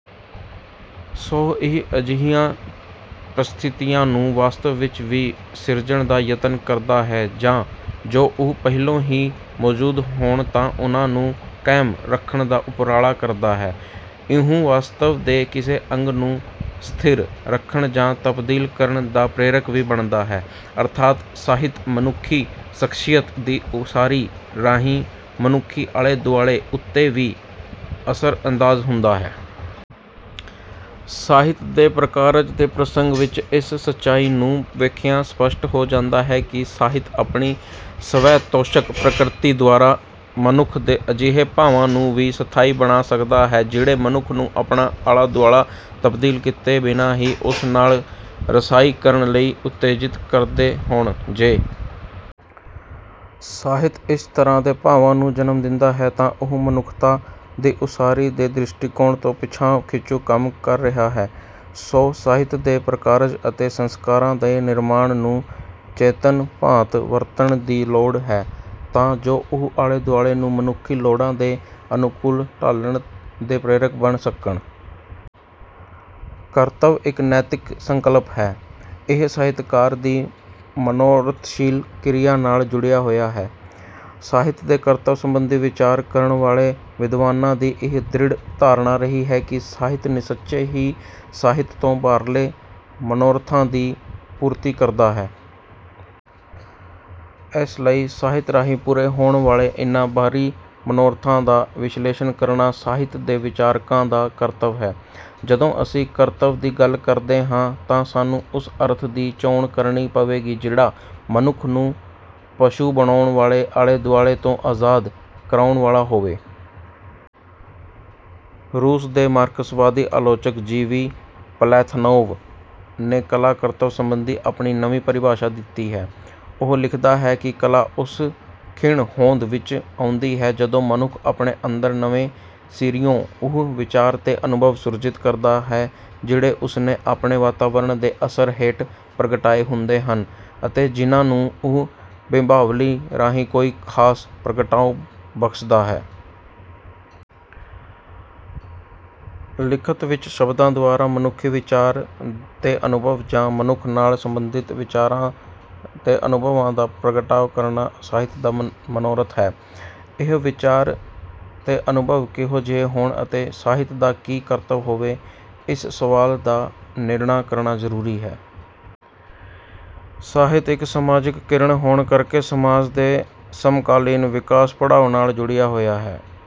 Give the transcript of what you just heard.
ਸੋ ਇਹ ਅਜਿਹੀਆਂ ਪ੍ਰਸਥਿਤੀਆਂ ਨੂੰ ਵਾਸਤਵ ਵਿੱਚ ਵੀ ਸਿਰਜਣ ਦਾ ਯਤਨ ਕਰਦਾ ਹੈ ਜਾਂ ਜੋ ਉਹ ਪਹਿਲੋਂ ਹੀ ਮੌਜੂਦ ਹੋਣ ਤਾਂ ਉਨ੍ਹਾਂ ਨੂੰ ਕਾਇਮ ਰੱਖਣ ਦਾ ਉਪਰਾਲਾ ਕਰਦਾ ਹੈ। ਇਉਂ ਵਾਸਤਵ ਦੇ ਕਿਸੇ ਅੰਗ ਨੂੰ ਸਥਿਰ ਰੱਖਣ ਜਾਂ ਤਬਦੀਲ ਕਰਨ ਦਾ ਪ੍ਰੇਰਕ ਵੀ ਬਣਦਾ ਹੈ, ਅਰਥਾਤ ਸਾਹਿਤ ਮਨੁੱਖੀ ਸ਼ਖ਼ਸੀਅਤ ਦੀ ਉਸਾਰੀ ਰਾਹੀਂ ਮਨੁੱਖੀ ਆਲੇ-ਦੁਆਲੇ ਉੱਤੇ ਵੀ ਅਸਰ-ਅੰਦਾਜ਼ ਹੁੰਦਾ ਹੈ। ਸਾਹਿਤ ਦੇ ਪ੍ਰਕਾਰਜ ਦੇ ਪ੍ਰਸੰਗ ਵਿੱਚ ਇਸ ਸਚਾਈ ਨੂੰ ਵੇਖਿਆਂ ਸਪੱਸ਼ਟ ਹੋ ਜਾਂਦਾ ਹੈ ਕਿ ਸਾਹਿਤ ਆਪਣੀ ਸਵੈ-ਤੋਸ਼ਕ ਪ੍ਰਕਿਰਤੀ ਦੁਆਰਾ ਮਨੁੱਖ ਦੇ ਅਜਿਹੇ ਭਾਵਾਂ ਨੂੰ ਵੀ ਸਥਾਈ ਬਣਾ ਸਕਦਾ ਹੈ ਜਿਹੜੇ ਮਨੁੱਖ ਨੂੰ ਆਪਣਾ ਆਲਾ-ਦੁਆਲਾ ਤਬਦੀਲ ਕੀਤੇ ਬਿਨਾਂ ਹੀ ਉਸ ਨਾਲ ਰਸਾਈ ਕਰਨ ਲਈ ਉਤੇਜਿਤ ਕਰਦੇ ਹੋਣ। ਜੇ ਸਾਹਿਤ ਇਸ ਤਰ੍ਹਾਂ ਦੇ ਭਾਵਾਂ ਨੂੰ ਜਨਮ ਦਿੰਦਾ ਹੈ ਤਾਂ ਉਹ ਮਨੁੱਖਤਾ ਦੀ ਉਸਾਰੀ ਦੇ ਦ੍ਰਿਸ਼ਟੀਕੋਣ ਤੋਂ ਪਿਛਾਂਹ-ਖਿੱਚੂ ਕੰਮ ਕਰ ਰਿਹਾ ਹੈ। ਸੋ ਸਾਹਿਤ ਦੇ ਪ੍ਰਕਾਰਜ ਅਤੇ ਸੰਸਕਾਰਾਂ ਦੇ ਨਿਰਮਾਣ ਨੂੰ ਚੇਤੰਨ ਭਾਂਤ ਵਰਤਣ ਦੀ ਲੋੜ ਹੈ, ਤਾਂ ਜੋ ਉਹ ਆਲੇ-ਦੁਆਲੇ ਨੂੰ ਮਨੁੱਖੀ ਲੋੜਾਂ ਦੇ ਅਨੁਕੂਲ ਢਾਲਣ ਦੇ ਪ੍ਰੇਰਕ ਬਣ ਸਕਣ। ਕਰਤੱਵ ਇੱਕ ਨੈਤਿਕ ਸੰਕਲਪ ਹੈ। ਇਹ ਸਾਹਿਤਕਾਰ ਦੀ ਮਨੋਰਥਸ਼ੀਲ ਕਿਰਿਆ ਨਾਲ ਜੁੜਿਆ ਹੋਇਆ ਹੈ। ਸਾਹਿਤ ਦੇ ਕਰਤੱਵ ਸਬੰਧੀ ਵਿਚਾਰ ਕਰਨ ਵਾਲੇ ਵਿਦਵਾਨਾਂ ਦੀ ਇਹ ਦ੍ਰਿੜ੍ਹ ਧਾਰਨਾ ਰਹੀ ਹੈ ਕਿ ਸਾਹਿਤ ਨਿਸਚੇ ਹੀ ਸਾਹਿਤ ਤੋਂ ਬਾਹਰਲੇ ਮਨੋਰਥਾਂ ਦੀ ਪੂਰਤੀ ਕਰਦਾ ਹੈ। ਇਸ ਲਈ ਸਾਹਿਤ ਰਾਹੀਂ ਪੂਰੇ ਹੋਣ ਵਾਲੇ ਇਨ੍ਹਾਂ ਬਾਹਰੀ ਮਨੋਰਥਾਂ ਦਾ ਵਿਸ਼ਲੇਸ਼ਣ ਕਰਨਾ ਸਾਹਿਤ ਦੇ ਵਿਚਾਰਕਾਂ ਦਾ ਕਰਤੱਵ ਹੈ। ਜਦੋਂ ਅਸੀਂ ਕਰਤੱਵ ਦੀ ਗੱਲ ਕਰਦੇ ਹਾਂ ਤਾਂ ਸਾਨੂੰ ਉਸ ਅਰਥ ਦੀ ਚੋਣ ਕਰਨੀ ਪਵੇਗੀ ਜਿਹੜਾ ਮਨੁੱਖ ਨੂੰ ਪਸ਼ੂ ਬਣਾਉਣ ਵਾਲੇ ਆਲੇ-ਦੁਆਲੇ ਤੋਂ ਆਜ਼ਾਦ ਕਰਾਉਣ ਵਾਲਾ ਹੋਵੇ। ਰੂਸ ਦੇ ਮਾਰਕਸਵਾਦੀ ਆਲੋਚਕ ਜੀ. ਵੀ. ਪਲੈਖਾਨੋਵ ਨੇ ਕਲਾ-ਕਰਤੱਵ ਸਬੰਧੀ ਆਪਣੀ ਨਵੀਂ ਪਰਿਭਾਸ਼ਾ ਦਿੱਤੀ ਹੈ। ਉਹ ਲਿਖਦਾ ਹੈ ਕਿ ਕਲਾ ਉਸ ਖਿਣ ਹੋਂਦ ਵਿੱਚ ਆਉਂਦੀ ਹੈ ਜਦੋਂ ਮਨੁੱਖ ਆਪਣੇ ਅੰਦਰ ਨਵੇਂ ਸਿਰਿਓਂ ਉਹ ਵਿਚਾਰ ਤੇ ਅਨੁਭਵ ਸੁਰਜੀਤ ਕਰਦਾ ਹੈ ਜਿਹੜੇ ਉਸਨੇ ਆਪਣੇ ਵਾਤਾਵਰਨ ਦੇ ਅਸਰ ਹੇਠ ਪ੍ਰਗਟਾਏ ਹੁੰਦੇ ਹਨ ਅਤੇ ਜਿਨ੍ਹਾਂ ਨੂੰ ਉਹ ਬਿੰਬਾਵਲੀ ਰਾਹੀਂ ਕੋਈ ਖਾਸ ਪ੍ਰਗਟਾਓ ਬਖਸ਼ਦਾ ਹੈ। ਲਿਖਤ ਵਿੱਚ ਸ਼ਬਦਾਂ ਦੁਆਰਾ ਮਨੁੱਖੀ ਵਿਚਾਰ ਤੇ ਅਨੁਭਵ ਜਾਂ ਮਨੁੱਖ ਨਾਲ ਸਬੰਧਿਤ ਵਿਚਾਰਾਂ ਤੇ ਅਨੁਭਵਾਂ ਦਾ ਪ੍ਰਗਟਾਅ ਕਰਨਾ ਸਾਹਿਤ ਦਾ ਮਨੋਰਥ ਹੈ। ਇਹ ਵਿਚਾਰ ਤੇ ਅਨੁਭਵ ਕਿਹੋ ਜਿਹੇ ਹੋਣ ਅਤੇ ਸਾਹਿਤ ਦਾ ਕੀ ਕਰਤੱਵ ਹੋਵੇ, ਇਸ ਸਵਾਲ ਦਾ ਨਿਰਣਾ ਕਰਨਾ ਜ਼ਰੂਰੀ ਹੈ। ਸਾਹਿਤ ਇੱਕ ਸਮਾਜਿਕ ਕਿਰਤ ਹੋਣ ਕਰਕੇ ਸਮਾਜ ਦੇ ਸਮਕਾਲੀਨ ਵਿਕਾਸ-ਪੜਾਅ ਨਾਲ ਜੁੜਿਆ ਹੋਇਆ ਹੈ।